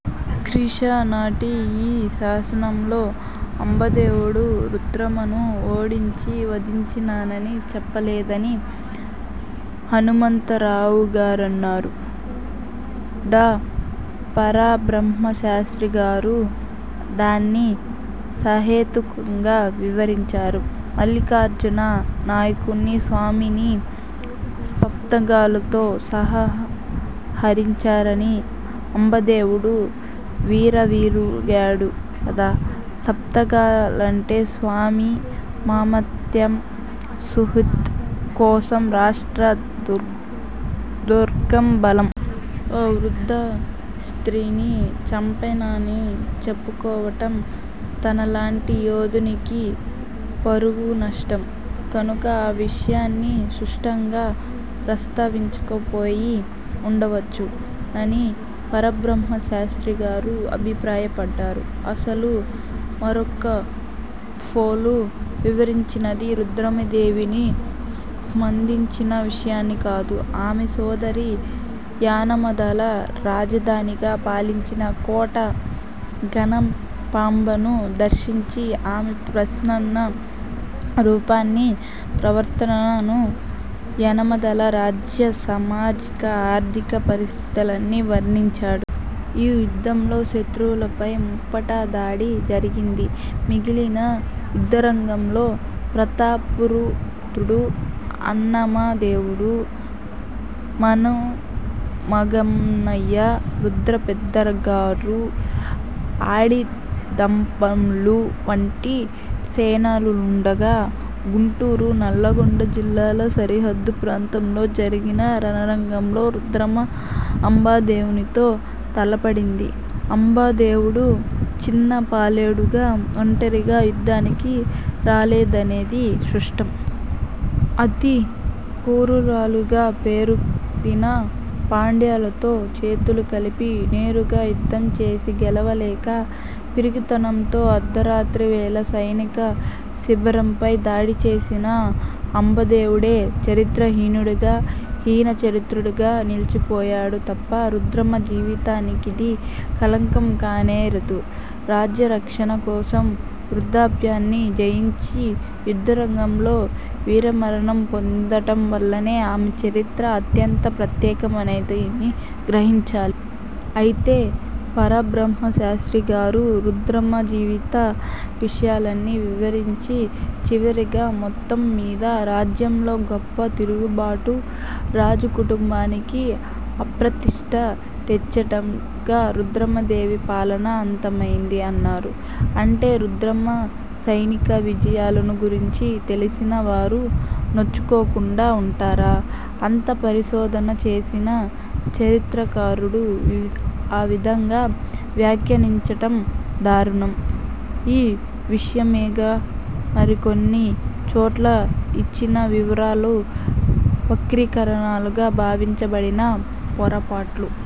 క్రీ. శ. నాటి ఈ శాసనంలో అంబదేవుడు రుద్రమను ఓడించి వధించానని చెప్పలేదని హనుమంతరావుగారన్నారు. డా. పరబ్రహ్మశాస్త్రిగారు దాన్ని సహేతుకంగా వివరించారు. మల్లికార్జున నాయకుని స్వామి ని సప్తాగాలతో సహా హరించానని అంబదేవుడు విరవీగాడు గదా! సప్తాగాలంటే స్వామి, మామత్యం సుహృత్, కోశం, రాష్ట్రం, దుర్గం, బలం. ''ఓ వృద్ధ స్త్రీని చంపానని చెప్పుకోవటం తనలాంటి యోధునికి పరువునష్టం కనుక ఆ విషయాన్ని స్పష్టంగా ప్రస్తావించకపోయి ఉండవచ్చు''నని పరబ్రహ్మశాస్త్రిగారు అభిప్రాయ పడ్డారు. అసలు మారొక్కపోలో వివరించినది రుద్రమదేవిని స్మదించిన విషయాన్ని కాదు. ఆమె సోదరి, యనమదల రాజధానిగా పాలించిన కోట గణపాంబను దర్శించి, ఆమె ప్రసన్న రూపాన్ని, ప్రవర్తనను, యనమదల రాజ్య సామాజిక, ఆర్థిక పరిస్థితుల్ని వర్ణించాడు. ఈ యుద్ధంలో శత్రువుల పై ముప్పేట దాడి జరిగింది. మిగిలిన యుద్ధరంగాల్లో ప్రతాపరుద్రుడు, అన్నమ దేవుడు, మనుమగన్నయ, రుద్రపెద్దింగారు, అడిదంమల్లు వంటి సేనానులుండగా, గుంటూరు, నల్గొండ జిల్లాల సరిహద్దు ప్రాంతంలో జరిగిన రణరంగంలో రుద్రమ అంబదేవునితో తలపడింది. అంబదేవుడు చిన్నపాలెగాడుగా ఒంటరిగా యుద్ధానికి రాలేదనేది స్పష్టం. అతిక్రూరురాలిగా పేరొందిన పాండ్యులతో చేతులు కలిపి నేరుగా యుద్ధం చేసి గెలవలేక పిరికితనంతో అర్ధరాత్రివేళ సైనిక శిబిరంపై దాడి చేసిన అంబదేవుడే చరిత్రహీనుడుగా, హీనచరిత్రుడిగా నిలిచిపోయాడు తప్ప రుద్రమ జీవితానికిది కళంకం కానేరదు. రాజ్యరక్షణ కోసం వృద్ధాప్యాన్ని జయించి యుద్ధరంగంలో వీరమరణం పొందటంవల్లనే ఆమె చరిత్ర అత్యంత ప్రత్యేకమైనదని గ్రహించాలి. అయితే పరబ్రహ్మశాస్త్రిగారు రుద్రమ జీవిత విషయాలన్నీ వివరించి చివరిగా, ''మొత్తం మీద రాజ్యంలో గొప్ప తిరుగుబాటు, రాజకుటుంబానికి అప్రతిష్ట తెచ్చేటట్టుగా రుద్రమదేవి పాలన అంతమైంది'' అన్నారు. అంటే రుద్రమ సైనిక విజయాలను గురించి తెలిసిన వారు నొచ్చుకోకుండా ఉంటారా? అంత పరిశోధన చేసిన చరిత్రకారుడు ఆవిధంగా వ్యాఖ్యానించటం దారుణం. ఈ విషయమేగా మరికొన్ని చోట్ల ఇచ్చిన వివరాలు వక్రీకరణలుగా భావింపబడిన పొరపాట్లు